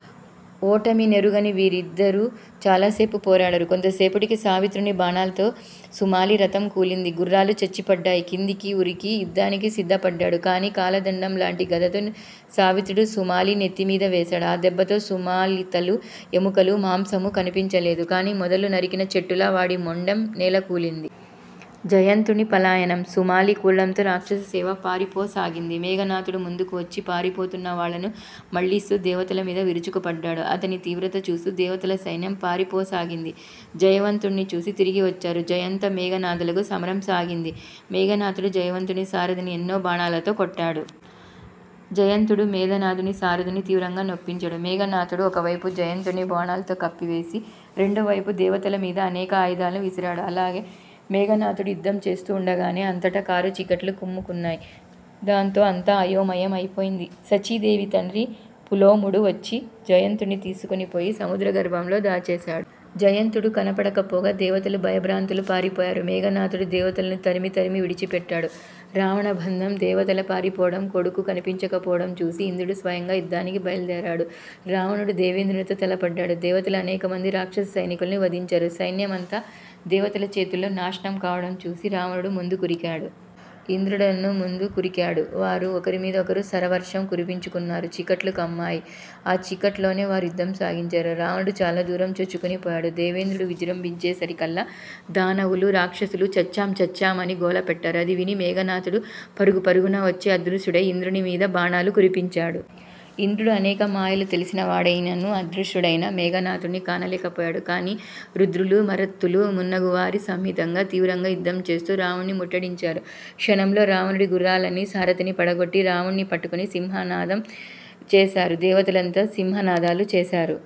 ఓటమినెరుగని వీరులిద్దరూ చాలసేపు పోరాడారు. కొంతసేపటికి సావిత్రుని బాణాల్తో సుమాలి రథం కూలింది. గుర్రాలు చచ్చిపడ్డాయి. కిందికి ఉరికి యుద్దానికి సిద్దపడ్డాడు. కాని కాలదండం లాంటి గదతో సావిత్రుడు సుమాలి నెత్తిమీదవేశాడు. ఆ దెబ్బతో సుమాలితలా, ఎముకలూ, మాంసమూ కనిపించలేదు. కాని మొదలు నరికిన చెట్టులా వాడి మొండెం నేలకూలింది. జయంతుని పలాయనం: సుమాలి కూలడంతో రాక్షససేన పారిపోసాగింది. మేఘనాధుడు ముందుకు వచ్చి పారిపోతున్న వాళ్ళను మళ్ళిస్తూ దేవతలమీద విరుచుకు పడ్డాడు. అతని తీవ్రత చూస్తూ దేవతల సైన్యం పారిపోసాగింది. జయవంతుణ్ని చూసి తిరిగివచ్చారు. జయంత మేఘనాధులకు సమరం సాగింది. మేఘనాధుడు జయవంతుని సారధిని ఎన్నో బాణాల్తో కొట్టాడు. జయంతుడూ మేఘనాధుని సారధిని తీవ్రంగా నొప్పించాడు. మేఘనాధుడు ఒకవైపు జయంతుణ్ని బాణాల్తో కప్పివేసి రెండోవైపు దేవతల మీద అనేక ఆయుధాలను విసిరాడు. అలా మేఘనాధుడు యుద్దం చేస్తు వుండగానే అంతటా కారుచీకట్లు కమ్ముకున్నాయి. దాంతో అంతా అయోమయం అయిపోయింది. శచీదేవి తండ్రి పులోముడు వచ్చి జయంతుణ్ని తీసుకొనిపోయి సముద్ర గర్భంలో దాచేశాడు. జయంతుడు కనపడకపోగా దేవతలు భయభ్రాంతులై పారిపోయారు. మేఘనాధుడు దేవతల్ను తరిమి తరిమి విడిచిపెట్టాడు. రావణ బంధనం: దేవతలు పారిపోవడమూ కొడుకు కనిపించకపోవడమూ చూసి ఇంద్రుడు స్వయంగా యుద్దానికి బైల్దేరాడు. రావణుడు దేవేంద్రునితో తలపడ్డాడు. దేవతలు అనేకమంది రాక్షస సైనికుల్ని వధించారు. సైన్యం అంతా దేవతల చేతుల్లో నాశనం కావడం చూసి రావణుడు ముందుకురికాడు. ఇంద్రుడున్నూ ముందు కురికాడు. వారు ఒకరిమీద ఒకరు శరవర్షం కురిపించుకున్నారు. చీకట్లు కమ్మాయి. ఆ చీకట్లోనే వారు యుద్దం సాగించారు. రావణుడు చాలదూరం చొచ్చుకొనిపోయాడు. దేవేంద్రుడు విజృంభించేసరికల్లా దానవులూ, రాక్షసులూ, చచ్చాం చచ్చాం అని గోలపెట్టారు. అది విని మేఘనాధుడు పరుగు పరుగున వచ్చి అదృశ్యుడై ఇంద్రుని మీద బాణాలు కురిపించాడు. ఇంద్రుడు అనేక మాయలు తెలిసినవాడయ్యిన్నీ అదృశ్యుడైన మేఘనాధుడ్ని కానలేకపోయాడు. కాని రుద్రులూ, మరుత్తులూ మున్నగువారి సహితంగా తీవ్రంగా యుద్దంచేస్తూ రావణుడ్ని ముట్టడించారు. క్షణంలో రావణుడి గుర్రాల్నీ, సారథినీ పడగొట్టి రావణుడ్ని పట్టుకొని సింహనాదం చేశాడు. దేవతలంతా సింహనాదాలు చేశారు.